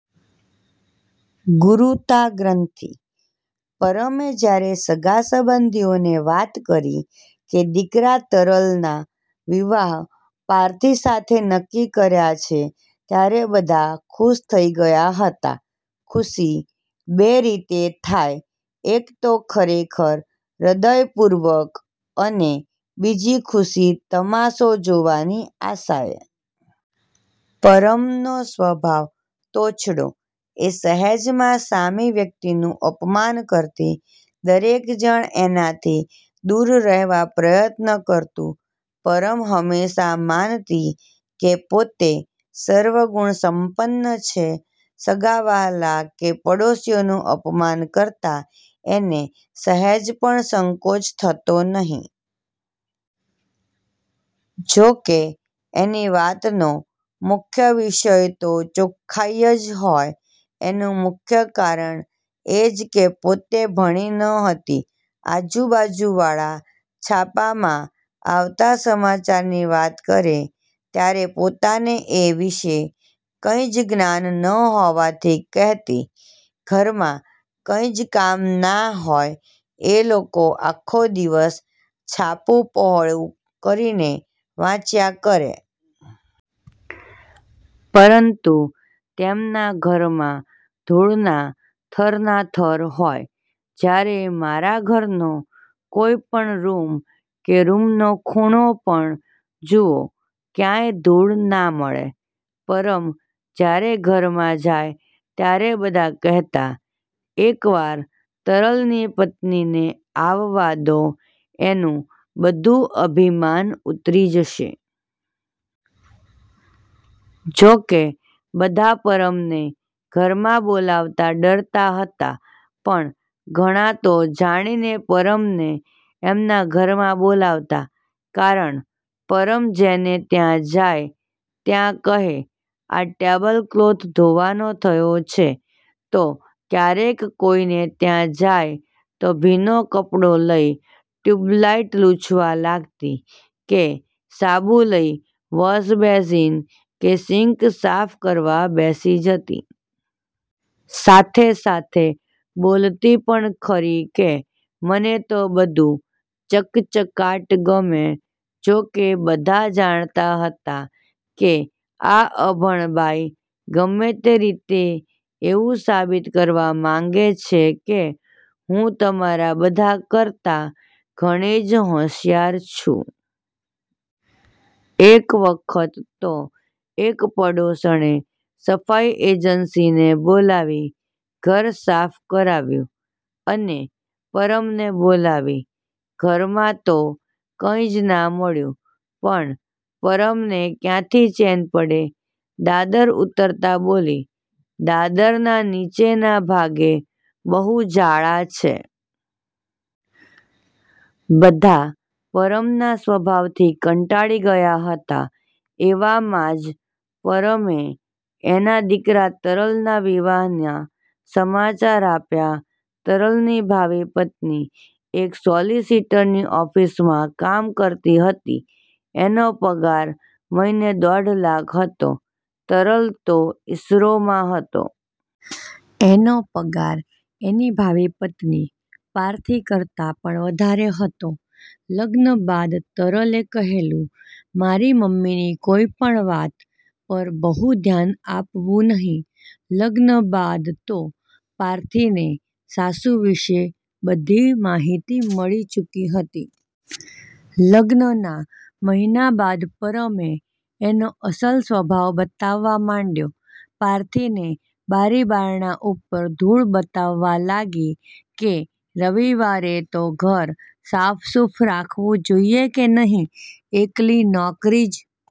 ગુરૂતાગ્રંથિ: પરમે જયારે સગાસંબંધીઓને વાત કરી કે દીકરા તરલના વિવાહ પાર્થી સાથે નક્કી કર્યા છે, ત્યારે બધા ખુશ થઈ ગયા હતા. ખુશી બે રીતે થાય એક તો ખરેખર હ્દયપૂર્વક અને બીજી ખુશી તમાશો જોવાની આશાએ. પરમનો સ્વભાવ તોછડો. એ સહેજમાં સામી વ્યક્તિનું અપમાન કરતી. દરેક જણ એનાથી દૂર રહેવા પ્રયત્ન કરતું. પરમ હમેશાં માનતી કે પોતે સર્વગુણસંપન્ન છે. સગાવહાલા કે પડોશીઓનું અપમાન કરતાં એને સહેજપણ સંકોચ થતો નહીં. જો કે એની વાતનો મુખ્ય વિષય તો ચોખ્ખાઈ જ હોય. એનું મુખ્ય કારણ એ જ કે પોતે ભણી ન હતી. આજુ-બાજુવાળા છાપામાં આવતાં સમાચારની વાત કરે ત્યારે પોતાને એ વિષે કંઈ જ જ્ઞાન ન હોવાથી કહેતી,"ઘરમાં કંઈ જ કામ ના હોય એ લોકો આખો દિવસ છાપું પહોળું કરીને વાંચ્યા કરે. પરંતુ તેમના ઘરમાં ધૂળના થરના થર હોય. જયારે મારા ઘરનો કોઈ પણ રુમ કે રુમનો ખૂણો પણ જુઓ ક્યાંય ધૂળ ના મળે."પરમ જયારે ઘરમાં જાય ત્યારે બધા કહેતાં, "એકવાર તરલની પત્નીને આવવા દો એનું બધું અભિમાન ઉતરી જશે." જો કે બધા પરમને ઘરમાં બોલાવતાં ડરતાં હતાં, પણ ઘણા તો જાણીને પરમને એમના ઘરમાં બોલાવતાં, કારણ પરમ જેને ત્યાં જાય ત્યાં કહે,"આ ટેબલ કલોથ ધોવાનો થયો છે." તો કયારેક કોઈને ત્યાં જાય તો ભીનો કપડો લઈ ટ્યુબલાઈટ લૂછવા લાગતી, કે સાબુ લઈ વોશબેઝીન કે સિન્ક સાફ કરવા બેસી જતી. સાથે-સાથે બોલતી પણ ખરી કે,"મને તો બધુ ચકચકાટ ગમે." જો કે બધા જાણતાં હતાં કે આ અભણબાઈ ગમે તે રીતે એવું સાબિત કરવા માંગે છે કે હું તમારા બધા કરતાં ઘણી જ હોંશિયાર છું. એકવખત તો એક પડોશણે સફાઈ એજન્સી ને બોલાવી ઘર સાફ કરાવ્યું અને પરમને બોલાવી. ઘરમાં તો કંઈ જ ના મળ્યું, પણ પરમને કયાંથી ચેન પડે? દાદર ઉતરતાં બોલી, "દાદરના નીચેના ભાગે બહુુ જાળાં છે." બધા પરમના સ્વભાવથી કંટાળી ગયા હતાં. એવામાં જ પરમે એના દીકરા તરલના વિવાહ ના સમાચાર આપ્યા. તરલની ભાવી પત્ની એક સોલિસીટરની ઓફિસમાં કામ કરતી હતી, એનો પગાર મહિને દોઢલાખ હતો. તરલ તો ઈસરોમાં હતો. એનો પગાર એની ભાવિ પત્ની પાર્થી કરતાં પણ વધારે હતો. લગ્ન બાદ તરલે કહેલું, "મારી મમ્મીની કોઈ પણ વાત પર બહુ ધ્યાન આપવું નહિ." લગ્ન બાદ તો પાર્થી ને સાસુ વિષે બધી માહિતી મળી ચૂકી હતી. લગ્નના મહિના બાદ પરમે એનો અસલ સ્વભાવ બતાવવા માંડયો. પાર્થીને બારીબારણા ઉપર ધૂળ બતાવવા લાગી કે રવિવારે તો ઘર સાફસુફ રાખવું જોઈએ કે નહિ? એકલી નોકરી જ